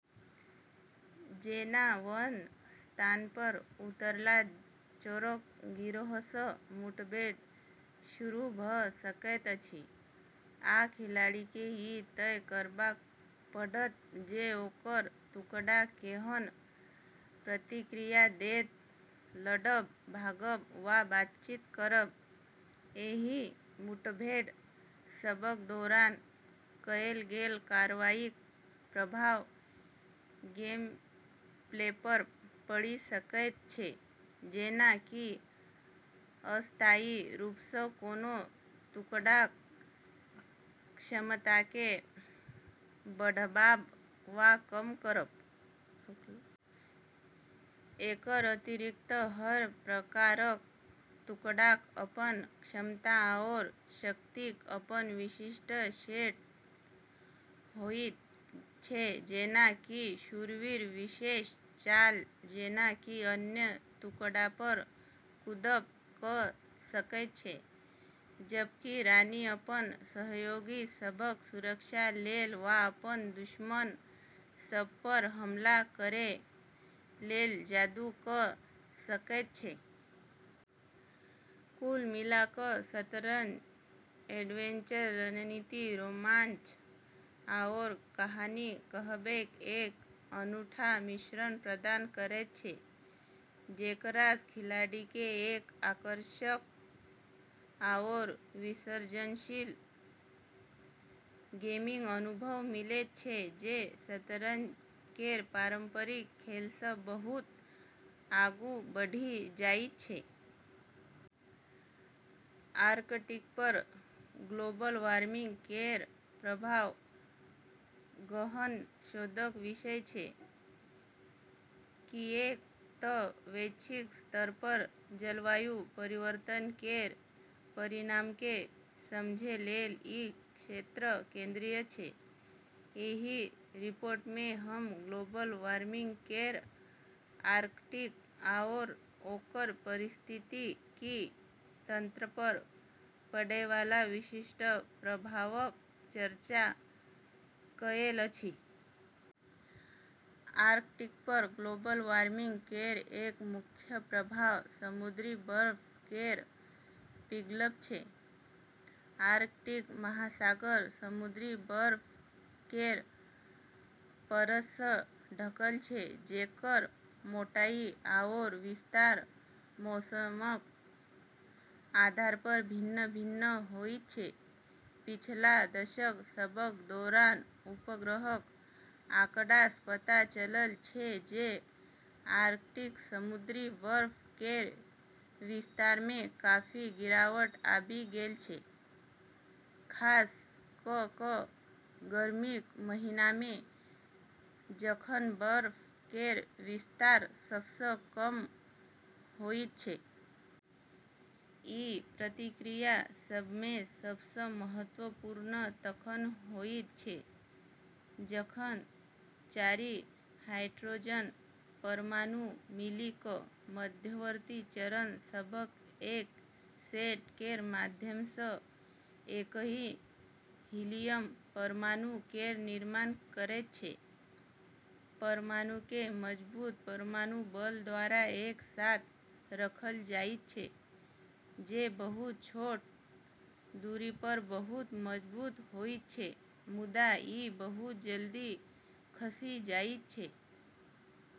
जेना, "वन" स्थानपर उतरलासँ चोरक गिरोहसँ मुठभेड़ शुरू भऽ सकैत अछि, आ खिलाड़ीकेँ ई तय करबाक पड़त जे ओकर टुकड़ा केहन प्रतिक्रिया देत - लड़ब, भागब, वा बातचीत करब। एहि मुठभेड़ सभक दौरान कएल गेल कार्रवाईक प्रभाव गेमप्लेपर पड़ि सकैत छै, जेना कि अस्थायी रूपसँ कोनो टुकड़ाक क्षमताकेँ बढ़ाबब वा कम करब। एकर अतिरिक्त, हर प्रकारक टुकड़ाक अपन क्षमता आओर शक्तिक अपन विशिष्ट सेट होइत छै। जेना कि शूरवीर विशेष चाल जेना कि अन्य टुकड़ापर कूदब कऽ सकैत छै, जबकि रानी अपन सहयोगी सभक सुरक्षा लेल वा अपन दुश्मन सभपर हमला करै लेल जादू कऽ सकैत छै। कुल मिला कऽ शतरंज एडवेंचर रणनीति, रोमांच, आओर कहानी कहबैक एक अनूठा मिश्रण प्रदान करैत छै, जेकरासँ खिलाड़ीकेँ एक आकर्षक आओर विसर्जनशील गेमिंग अनुभव मिलैत छै जे शतरंज केर पारंपरिक खेलसँ बहुत आगू बढ़ि जाइत छै। आर्कटिकपर ग्लोबल वार्मिंग केर प्रभाव गहन शोधक विषय छै, किऐक तऽ वैश्विक स्तरपर जलवायु परिवर्तन केर परिणामकेँ समझै लेल ई क्षेत्र केंद्रीय छै। एहि रिपोर्टमे हम ग्लोबल वार्मिंग केर आर्कटिक आओर ओकर पारिस्थितिकी तंत्रपर पड़ैवाला विशिष्ट प्रभावक चर्चा कएल अछि। आर्कटिकपर ग्लोबल वार्मिंग केर एक मुख्य प्रभाव समुद्री बर्फ केर पिघलब छै। आर्कटिक महासागर समुद्री बर्फ केर परतसँ ढकल छै जेकर मोटाई आओर विस्तार मौसमक आधारपर भिन्न-भिन्न होइत छै। पिछला दशक सभक दौरान उपग्रहक आँकड़ासँ पता चलल छै जे आर्कटिक समुद्री बर्फ केर विस्तारमे काफी गिरावट आबि गेल छै, खास कऽ कऽ गर्मीक महीनामे जखन बर्फ केर विस्तार सबसँ कम होइत छै। ई प्रतिक्रिया सभमेसँ सबसँ महत्वपूर्ण तखन होइत छै जखन चारि हाइड्रोजन परमाणु मिलि कऽ मध्यवर्ती चरण सभक एक सेट केर माध्यमसँ एकही हीलियम परमाणु केर निर्माण करैत छै। परमाणुकेँ मजबूत परमाणु बल द्वारा एक साथ रखल जाइत छै, जे बहुत छोट दूरीपर बहुत मजबूत होइत छै मुदा, ई बहुत जल्दी खसि जाइत छै।